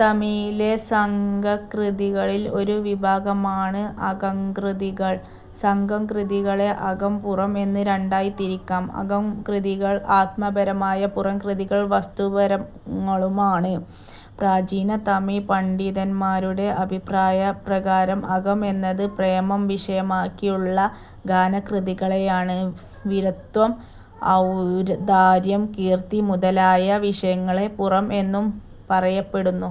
തമിഴിലെ സംഘകൃതികളിൽ ഒരു വിഭാഗമാണ് അകംകൃതികൾ. സംഘം കൃതി കളെ അകം, പുറം എന്ന് രണ്ടായി തിരിക്കാം. അകം കൃതികൾ ആത്മപരമായ പുറം കൃതികൾ വസ്തുപരങ്ങളും ആണ്. പ്രാചീന തമിഴ് പണ്ഡിതന്മാരുടെ അഭിപ്രായപ്രകാരം അകം എന്നത് പ്രേമം വിഷയമാക്കിയുള്ള ഗാനകൃതികളെയാണ്.. വീരത്വം, ഔദാര്യം, കീർത്തി മുതലായ വിഷയങ്ങളെ 'പുറം' എന്നും പറയപ്പെടുന്നു.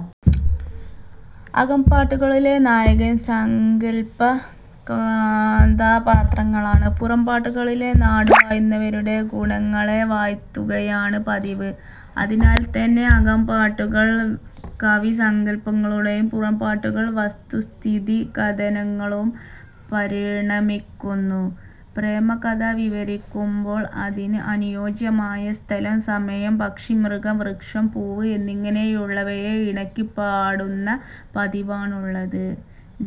അകംപാട്ടുകളിലെ നായകൻ സങ്കല്പപാത്രങ്ങളാണ്. പുറംപാട്ടുകളില് നാടുവാഴുന്നവരുടെ ഗുണങ്ങളെ വാഴ്ത്തുകയാണ് പതിവ്. അതിനാൽതന്നെ അകംപാട്ടുകള് കവിസങ്കല്പങ്ങളായും പുറംപാട്ടുകള് വസ്തുസ്ഥിതികഥനങ്ങളായും പരിണമിക്കുന്നു. പ്രേമകഥ വിവരിക്കുമ്പോള് അതിന് അനുയോജ്യമായ സ്ഥലം, സമയം, പക്ഷി, മൃഗം, വൃക്ഷം, പൂവ് എന്നിങ്ങനെയുള്ളവയെ ഇണക്കി പാടുന്ന പതിവാണുള്ളത്.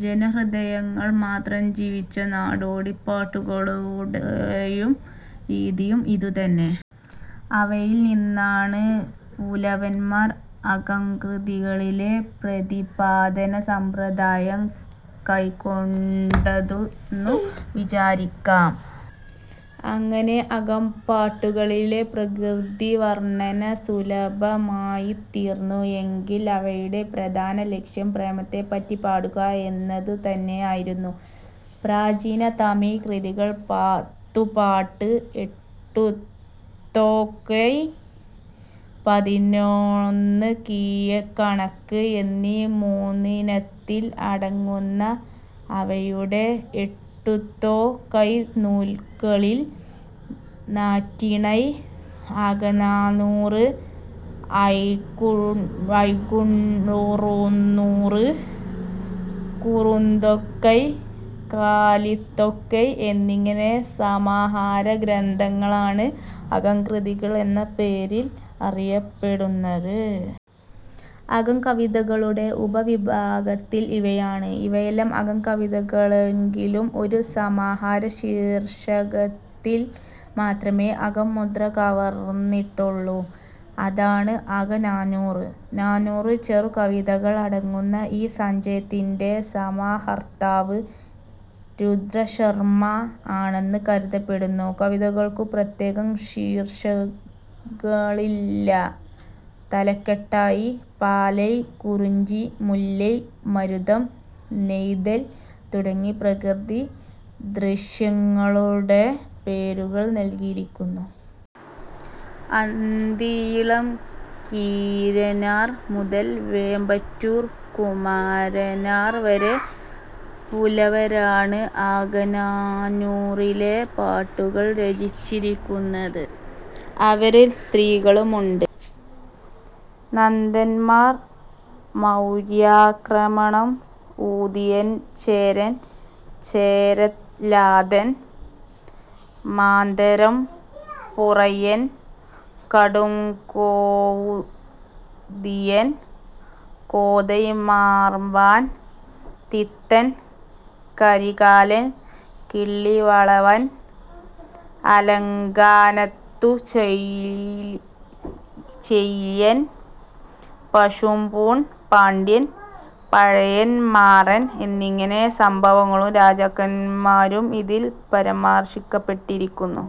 ജനഹൃദയങ്ങളില് മാത്രം ജീവിച്ച നാടോടിപ്പാട്ടുകളുടെ രീതിയും ഇതുതന്നെ. അവയിൽ നിന്നാണ് പുലവന്മാര് അകംകൃതികളിലെ പ്രതിപാദനസമ്പ്രദായം കൈക്കൊണ്ടതെന്നു വിചാരിക്കാം. അങ്ങനെ അകംപാട്ടുകളിൽ പ്രകൃതിവർണന സുലഭമായിത്തീർന്നു. എങ്കിലും അവയുടെ പ്രധാനലക്ഷ്യം പ്രേമത്തെപ്പറ്റി പാടുക എന്നതുതന്നെയായിരുന്നു. പ്രാചീന തമിഴ്കൃതികൾ പത്തുപ്പാട്ട്, എട്ടുത്തൊകൈ, പതിനന്നു കീഴ്കണക്ക് എന്നീ മൂന്നിനത്തിൽ അടങ്ങുന്നു. അവയുടെ എട്ടുത്തൊകൈനൂല്കളിൽ നറ്റിണൈ, അകനാനൂറ്, ഐങ്കുറുന്നൂറ്, കുറുന്തൊകൈ, കലിത്തൊകൈ എന്നിങ്ങനെ സമാഹാരഗ്രന്ഥങ്ങളാണ് അകംകൃതികൾ എന്ന പേരിൽ അറിയപ്പെടുന്നത്. അകം കവിതകളുടെ ഉപ വിഭാഗങ്ങൾ ഇവയാണ്. ഇവയെല്ലാം അകം കവിതകളെങ്കിലും ഒരു സമാഹാര ശീർഷകത്തിൽ മാത്രമേ 'അകം'മുദ്ര കലർന്നിട്ടുള്ളൂ. അതാണ് അകനാനൂറ്. നാനൂറ് ചെറു കവിതകൾ അടങ്ങുന്ന ഈ സഞ്ചയത്തിന്റെ സമാഹർത്താവ് രുദ്രശർമ്മാ ആണെന്ന് കരുതപ്പെടുന്നു. കവിതകൾക്കു പ്രത്യേകം ശീർഷകങ്ങളില്ല. തലക്കെട്ടായി പാലൈ, കുറിഞ്ചി, മുല്ലൈ, മരുതം, നെയ്തൽ തുടങ്ങിയ പ്രകൃതി ദൃശ്യങ്ങളുടെ പേരുകൾ നൽകിയിരിക്കുന്നു. അന്തിയിളം കീരനാർ മുതൽ വേമ്പറ്റൂർ കുമരനാർ വരെ പുലവരാണ് അകനാനൂറിലെ പാട്ടുകൾ രചിച്ചിരിക്കുന്നത്. അവരിൽ സ്ത്രീകളുമുണ്ട്. നന്ദൻമാർ, മൗര്യാക്രമണം, ഉതിയൻചേരൻ, ചേരലാതൻ, മാന്തരംപൊറൈയൻ, കടുംകോ, ഉതിയൻ, കോതൈമാർവൻ, തിത്തൻ, കരികാലൻ, കിള്ളിവളവൻ, ആലങ്കാനത്തുചെഴിയൻ, പശുംപൂൺ പാണ്ഡ്യൻ, പഴയൻ മാറൻ എന്നിങ്ങനെ സംഭവങ്ങളും രാജാക്കന്മാരും ഇതിൽ പരാമർശിക്കപ്പെട്ടിരിക്കുന്നു.